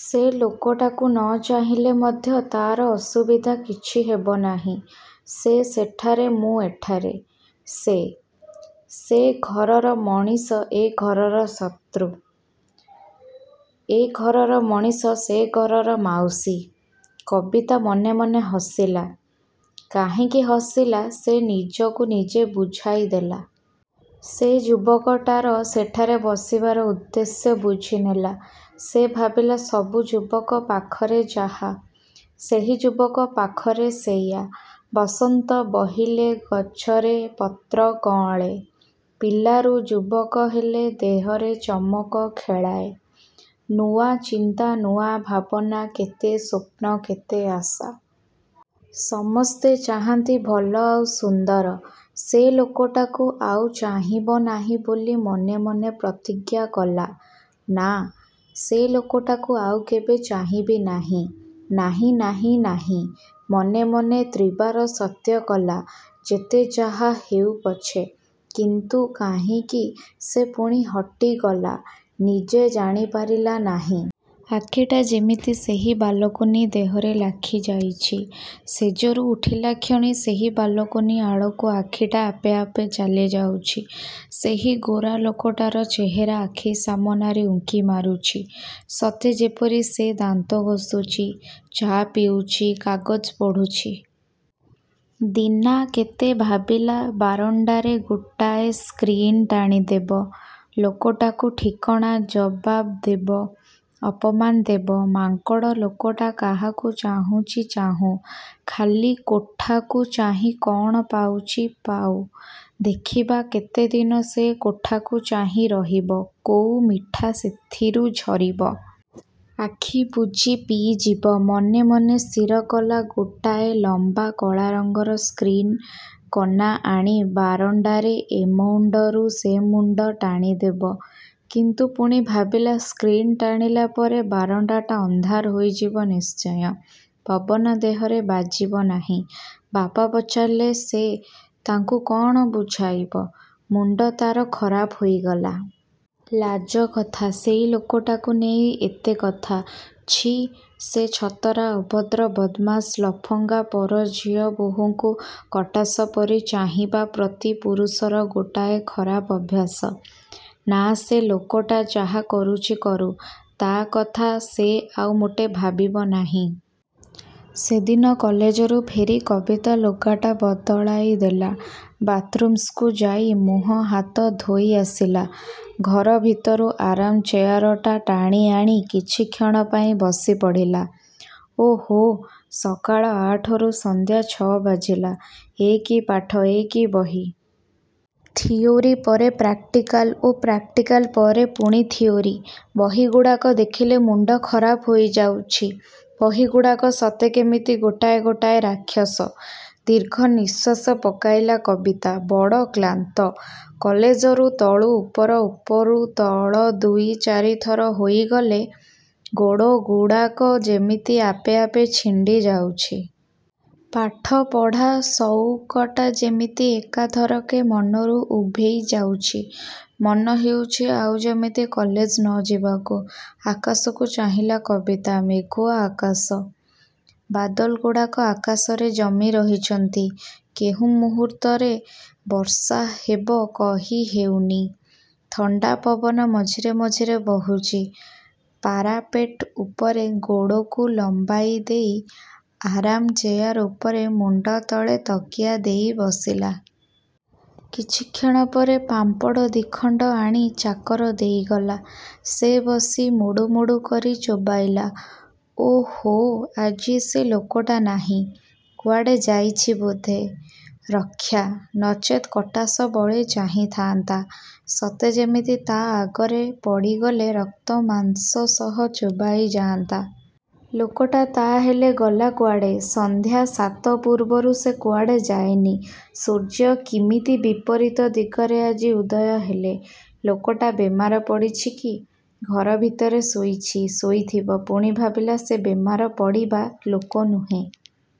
ସେ ଲୋକଟାକୁ ନ ଚାହିଁଲେ ମଧ୍ୟ ତା'ର ଅସୁବିଧା କିଛି ହେବନାହିଁ। ସେ ସେଠାରେ ମୁଁ ଏଠାରେ। ସେ, ସେ ଘରର ମଣିଷ ଏ ଘରର ଶତ୍ରୁ। ଏ ଘରର ମଣିଷ ସେ ଘରର ମାଉସୀ। କବିତା ମନେ ମନେ ହସିଲା। କାହିଁକି ହସିଲା ସେ ନିଜକୁ ନିଜେ ବୁଝାଇ ଦେଲା। ସେ ଯୁବକଟାର ସେଠାରେ ବସିବାର ଉଦ୍ଦେଶ୍ୟ ବୁଝିନେଲା। ସେ ଭାବିଲା ସବୁ ଯୁବକ ପାଖରେ ଯାହା, ସେହି ଯୁବକ ପାଖରେ ସେଇଆ। ବସନ୍ତ ବହିଲେ ଗଛରେ ପତ୍ର କଅଁଳେ। ପିଲାରୁ ଯୁବକ ହେଲେ ଦେହରେ ଚମକ ଖେଳାଏ। ନୂଆ ଚିନ୍ତା ନୂଆ ଭାବନା, କେତେ ସ୍ୱପ୍ନ କେତେ ଆଶା। ସମସ୍ତେ ଚାହାଁନ୍ତି ଭଲ ଆଉ ସୁନ୍ଦର। ସେ ଲୋକଟାକୁ ଆଉ ଚାହିଁବ ନାହିଁ ବୋଲି ମନେ ମନେ ପ୍ରତିଜ୍ଞା କଲା। ନାଁ, ସେ ଲୋକଟାକୁ ଆଉ କେବେ ଚାହିଁବି ନାହିଁ। ନାହିଁ ନାହିଁ, ନାହିଁ। ମନେ ମନେ ତ୍ରିବାର ସତ୍ୟକଲା ଯେତେ ଯାହା ହେଉପଛେ। କିନ୍ତୁ କାହିଁକି ସେ ପୁଣି ହଟିଗଲା, ନିଜେ ଜାଣି ପାରିଲା ନାହିଁ। ଆଖିଟା ଯେମିତି ସେହି ବାଲକୋନି ଦେହରେ ଲାଖି ଯାଇଛି। ଶେଯରୁ ଉଠିଲାକ୍ଷଣି ସେହି ବାଲକୋନି ଆଡ଼କୁ ଆଖିଟା ଆପେ ଆପେ ଚାଲିଯାଉଛି। ସେହି ଗୋରା ଲୋକଟାର ଚେହେରା ଆଖି ସାମନାରେ ଉଙ୍କି ମାରୁଛି। ସତେ ଯେପରି ସେ ଦାନ୍ତ ଘଷୁଛି, ଚା' ପିଉଛି, କାଗଜ ପଢ଼ୁଛି। ଦିନାକେତେ ଭାବିଲା ବାରଣ୍ଡାରେ ଗୋଟାଏ ସ୍କ୍ରିନ୍ ଟାଣିଦେବ। ଲୋକଟାକୁ ଠିକଣା ଜବାବ୍ ଦେବ। ଅପମାନ ଦେବ। ମାଙ୍କଡ଼ ଲୋକଟା କାହାକୁ ଚାହୁଁଛି ଚାହୁଁ। ଖାଲି କୋଠାକୁ ଚାହିଁ କ'ଣ ପାଉଛି ପାଉ। ଦେଖିବା କେତେଦିନ ସେ କୋଠାକୁ ଚାହିଁ ରହିବ? କୋଉ ମିଠା ସେଥିରୁ ଝରିବ। ଆଖିବୁଜି ପିଇଯିବ। ମନେ ମନେ ସ୍ଥିର କଲା ଗୋଟାଏ ଲମ୍ୱା କଳା ରଙ୍ଗର ସ୍କ୍ରିନ୍ କନା ଆଣି ବାରଣ୍ଡାରେ ଏମୁଣ୍ଡରୁ ସେମୁଣ୍ଡ ଟାଣି ଦେବ। କିନ୍ତୁ ପୁଣି ଭାବିଲା ସ୍କ୍ରିନ୍ ଟାଣିଲା ପରେ ବାରଣ୍ଡାଟା ଅନ୍ଧାର ହୋଇଯିବ ନିଶ୍ଚୟ। ପବନ ଦେହରେ ବାଜିବ ନାହିଁ। ବାପା ପଚାରିଲେ ସେ ତାଙ୍କୁ କ'ଣ ବୁଝାଇବ ମୁଣ୍ଡ ତା'ର ଖରାପ ହୋଇଗଲା। ଲାଜକଥା, ସେହି ଲୋକଟାକୁ ନେଇ ଏତେ କଥା। ଛି, ସେ ଛତରା, ଅଭଦ୍ର, ବଦମାସ, ଲଫଙ୍ଗା, ପର ଝିଅ ବୋହୂଙ୍କୁ କଟାସ ପରି ଚାହିଁବା ପ୍ରତି ପୁରୁଷର ଗୋଟାଏ ଖରାପ ଅଭ୍ୟାସ। ନାଁ ସେ ଲୋକଟା ଯାହା କରୁଛି କରୁ। ତା' କଥା ସେ ଆଉ ମୋଟେ ଭାବିବ ନାହିଁ। ସେଦିନ କଲେଜରୁ ଫେରି କବିତା ଲୁଗାଟା ବଦଳାଇ ଦେଲା। ବାଥ୍ରୁମ୍କୁ ଯାଇ ମୁହଁ ହାତ ଧୋଇ ଆସିଲା, ଘର ଭିତରୁ ଆରାମ୍ ଚେୟାରଟା ଟାଣିଆଣି କିଛିକ୍ଷଣ ପାଇଁ ବସିପଡ଼ିଲା। ଓଃହୋଃ ସକାଳ ଆଠରୁ ସନ୍ଧ୍ୟା ଛଅ ବାଜିଲା। ଏ କି ପାଠ। ଏ କି ବହି। ଥିଓରି ପରେ ପ୍ରାକ୍ଟିକାଲ ଓ ପ୍ରାକ୍ଟିକାଲ ପରେ ପୁଣି ଥିଓରି। ବହିଗୁଡ଼ାକ ଦେଖିଲେ ମୁଣ୍ଡ ଖରାପ ହୋଇଯାଉଛି। ବହିଗୁଡ଼ାକ ସତେ କେମିତି ଗୋଟାଏ ଗୋଟାଏ ରାକ୍ଷସ। ଦୀର୍ଘନିଶ୍ୱାସ ପକାଇଲା କବିତା। ବଡ଼ କ୍ଳାନ୍ତ। କଲେଜରୁ ତଳୁ ଉପର, ଉପରୁ ତଳ ଦୁଇ ଚାରିଥର ହୋଇଗଲେ ଗୋଡ଼ଗୁଡ଼ାକ ଯେମିତି ଆପେ ଆପେ ଛିଣ୍ଡି ଯାଉଛି। ପାଠପଢ଼ା ସଉକଟା ଯେମିତି ଏକାଥରକେ ମନରୁ ଉଭେଇ ଯାଉଛି। ମନ ହେଉଛି ଆଉ ଯେମିତି କଲେଜ ନ ଯିବାକୁ। ଆକାଶକୁ ଚାହିଁଲା କବିତା। ମେଘୁଆ ଆକାଶ। ବାଦଲଗୁଡ଼ାକ ଆକାଶରେ ଜମି ରହିଛନ୍ତି। କେଉଁ ମୁହୂର୍ତ୍ତରେ ବର୍ଷାହେବ କହି ହେଉନି। ଥଣ୍ଡାପବନ ମଝିରେ ମଝିରେ ବହୁଛି। ପାରାପେଟ୍ ଉପରେ ଗୋଡ଼କୁ ଲମ୍ୱାଇଦେଇ ଆରାମ୍ ଚେୟାର ଉପରେ ମୁଣ୍ଡତଳେ ତକିଆ ଦେଇ ବସିଲା। କିଛିକ୍ଷଣ ପରେ ପାମ୍ପଡ଼ ଦି'ଖଣ୍ଡ ଆଣି ଚାକର ଦେଇଗଲା। ସେ ବସି ମୁଡ଼ୁମୁଡ଼ୁ କରି ଚୋବାଇଲା। ଓଃ ହୋଃ ଆଜି ସେ ଲୋକଟା ନାହିଁ। କୁଆଡ଼େ ଯାଇଛି ବୋଧେ। ରକ୍ଷା, ନଚେତ୍ କଟାସ ଭଳି ଚାହିଁଥାନ୍ତା। ସତେ ଯେମିତି ତା' ଆଗରେ ପଡ଼ିଗଲେ ରକ୍ତମାଂସ ସହ ଚୋବାଇଯାନ୍ତା। ଲୋକଟା ତା' ହେଲେ ଗଲା କୁଆଡ଼େ? ସନ୍ଧ୍ୟା ସାତ ପୂର୍ବରୁ ସେ କୁଆଡ଼େ ଯାଏନି। ସୂର୍ଯ୍ୟ କିମିତି ବିପରୀତ ଦିଗରେ ଆଜି ଉଦୟ ହେଲେ? ଲୋକଟା ବେମାର ପଡ଼ିଛି କି? ଘର ଭିତରେ ଶୋଇଛି। ଶୋଇଥିବ। ପୁଣି ଭାବିଲା, ସେ ବେମାର ପଡ଼ିବା ଲୋକ ନୁହେଁ।